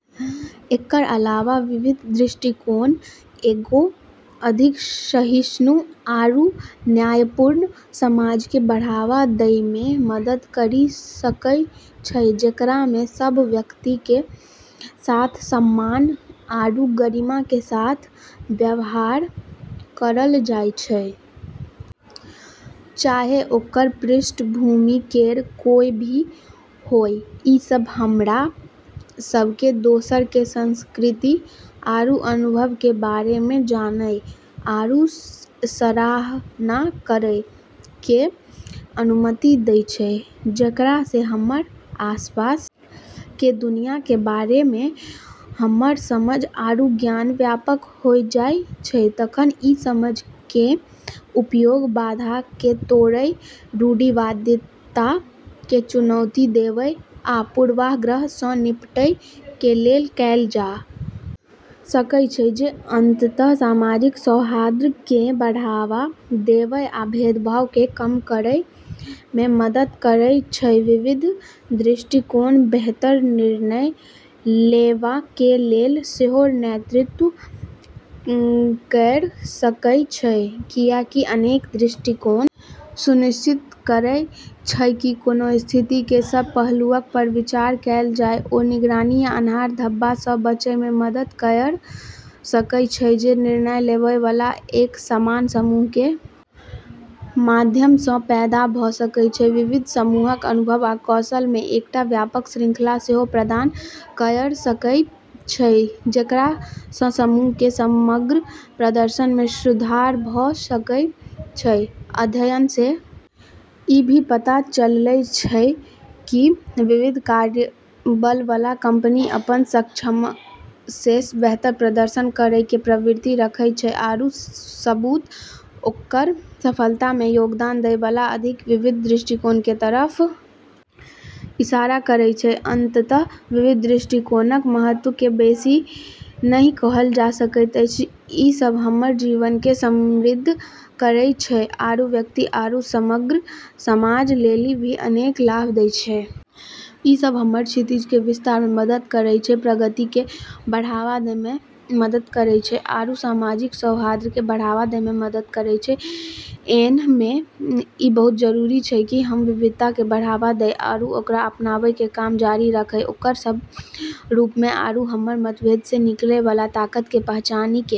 एकरऽ अलावा विविध दृष्टिकोण एगो अधिक सहिष्णु आरू न्यायपूर्ण समाज के बढ़ावा दै मे मदद करी सकै छै जेकरा मे सब व्यक्ति के साथ सम्मान आरू गरिमा के साथ व्यवहार करलऽ जाय छै, चाहे ओकरऽ पृष्ठभूमि केरऽ कोय भी बात होय, ई सब हमरा सब के दोसरऽ के संस्कृति आरू अनुभव के बारे मे जानय आरू सराहना करै के अनुमति दै छै जेकरा से हमरऽ आसपास के दुनिया के बारे मे हमरऽ समझ आरू ज्ञान व्यापक होय जाय छै तखन इ समझ कें उपयोग बाधाक कें तोड़य, रूढ़िवादिता कें चुनौती देवय आ पूर्वाग्रह सं निपटय कें लेल कैल जा सकय छै जे अंतत: सामाजिक सौहार्द कें बढ़ावा देवय आ भेदभाव कें कम करय मे मदद करय छै विविध दृष्टिकोण बेहतर निर्णय लेवा कें लेल सेहो नेतृत्व कयर सकय छै, कियाकि अनेक दृष्टिकोण सुनिश्चित करय छै कि कोनों स्थिति कें सब पहलुअक पर विचार कैल जाय ओ निगरानी या आन्हर धब्बा सं बचय मे मदद कयर सकय छै जे निर्णय लेवय वाला एक समान समूह कें माध्यम सं पैदा भ सकय छै, विविध समूहक अनुभव आ कौशल कें एकटा व्यापक श्रृंखला सेहो प्रदान कयर सकय छै, जेकरा सं समूह कें समग्र प्रदर्शन मे सुधार भ सकय छै, अध्ययनऽ से ई भी पता चललै छै कि विविध कार्यबल वाला कंपनी अपनऽ समकक्षऽ से बेहतर प्रदर्शन करै के प्रवृत्ति रखै छै आरू सबूत ओकरऽ सफलता मे योगदान दै वाला अधिक विविध दृष्टिकोण के तरफ इशारा करै छै, अंततः विविध दृष्टिकोणक महत्व केँ बेसी नहि कहल जा सकैत अछि, ई सब हमरऽ जीवन के समृद्ध करै छै आरू व्यक्ति आरू समग्र समाज लेली भी अनेक लाभ दै छै, ई सब हमरऽ क्षितिज के विस्तार मे मदद करै छै, प्रगति के बढ़ावा दै मे मदद करै छै आरू सामाजिक सौहार्द के बढ़ावा दै मे मदद करै छै, ऐन्हऽ मे ई बहुत जरूरी छै कि हम्म विविधता के बढ़ावा दै आरू ओकरा अपनाबै के काम जारी रखै ओकरऽ सब रूप मे आरू हमरऽ मतभेद से निकलै वाला ताकत के पहचानी के।